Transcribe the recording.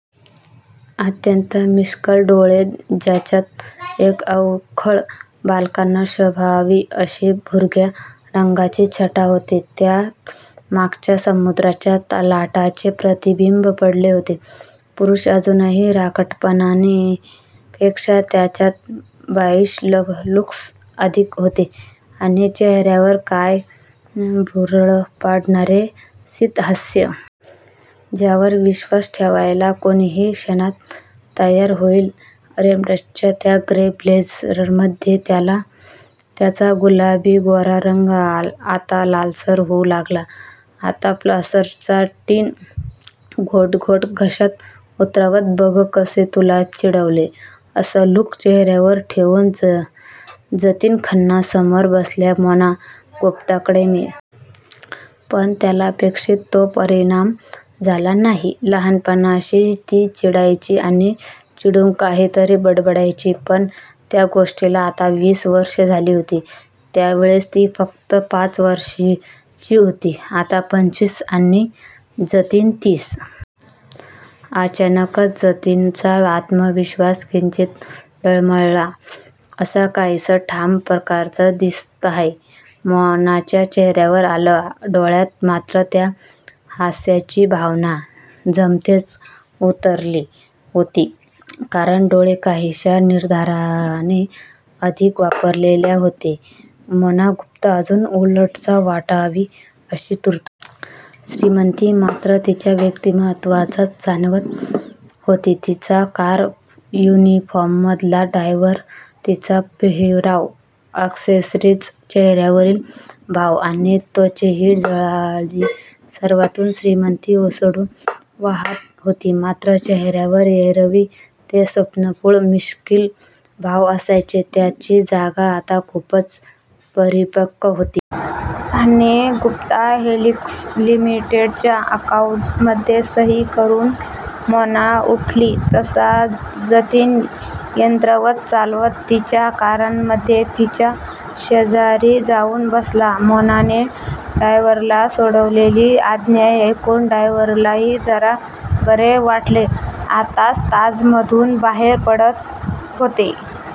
अत्यंत मिश्कील डोळे, ज्यांच्यात एक अवखळ, बालकांना शोभावी अशी भुर्या रंगाची छटा होती, त्यांत मागच्या समुद्राच्या लाटांचे प्रतिबिंब पडलेले होते. पुरूष असूनही राकटपणापेक्षा त्याच्यात बॉयीश लूक्स अधिक होते. आणि चेहर्यावर कायम भुरळ पाडणारे स्मितहास्य! ज्यावर विश्वास ठेवायला कुणीही क्षणात तयार होईल! रेमंड्सच्या त्या ग्रे ब्लेझरमध्ये त्याचा गुलाबी गोरा रंग आता लालसर होऊ लागला होता. फॉस्टरचा टिन घोट घोट घशात उतरवत 'बघ कसे तुला चिडवले' असा लूक चेहर्यावर ठेवून जतीन खन्ना समोर बसलेल्या मोना गुप्ताकडे मिश्कीलपणे पाहात होता. पण त्याला अपेक्षित तो परिणाम झाला नाही. लहानपणी ती चिडायची आणि चिडून काहीतरी बडबडायची. पण त्या गोष्टीला आता वीस वर्षे झाली होती. त्यावेळेस ती फक्त पाच वर्षांची होती. आता पंचवीस! आणि जतीन तीस! अचानकच, जतीनचा आत्मविश्वास किंचित डळमळावा असं काहीसं ठाम प्रकारचं स्मितहास्य मोनाच्या चेहर्यावर आलं! डोळ्यात मात्र त्या हास्याची भावना जेमतेमच उतरली होती. कारण डोळे काहीश्या निर्धाराने अधिक व्यापलेले होते. मोना गुप्ता! अजून अल्लडच वाटावी अशी तरुणी! श्रीमंती मात्र तिच्या व्यक्तीमत्वातूनच जाणवत होती. तिची कार, युनिफॉर्ममधला ड्रायव्हर, तिचा पेहेराव, अॅक्सेसरीज, चेहर्यावरील भाव आणि त्वचेही झळाळी! सर्वातून श्रीमंती ओसंडून वाहात होती. मात्र चेहर्यावर एरवी जे स्वप्नाळू, मिश्कील भाव असायचे त्यांची जागा आता खूपच परिपक्व भावांनी घेतलेली होती. आणि गुप्ता हेलिक्स लिमिटेडच्या अकाउंटमध्ये सही करून मोना उठली तसा जतीन यंत्रवत चालत तिच्या कारमध्ये तिच्या शेजारी जाऊन बसला. मोनाने ड्रायव्हरला सोडलेली आज्ञा ऐकून ड्रायव्हरलाही जरा बरे वाटले. आत्ताच ताजमधून बाहेर पडत होते.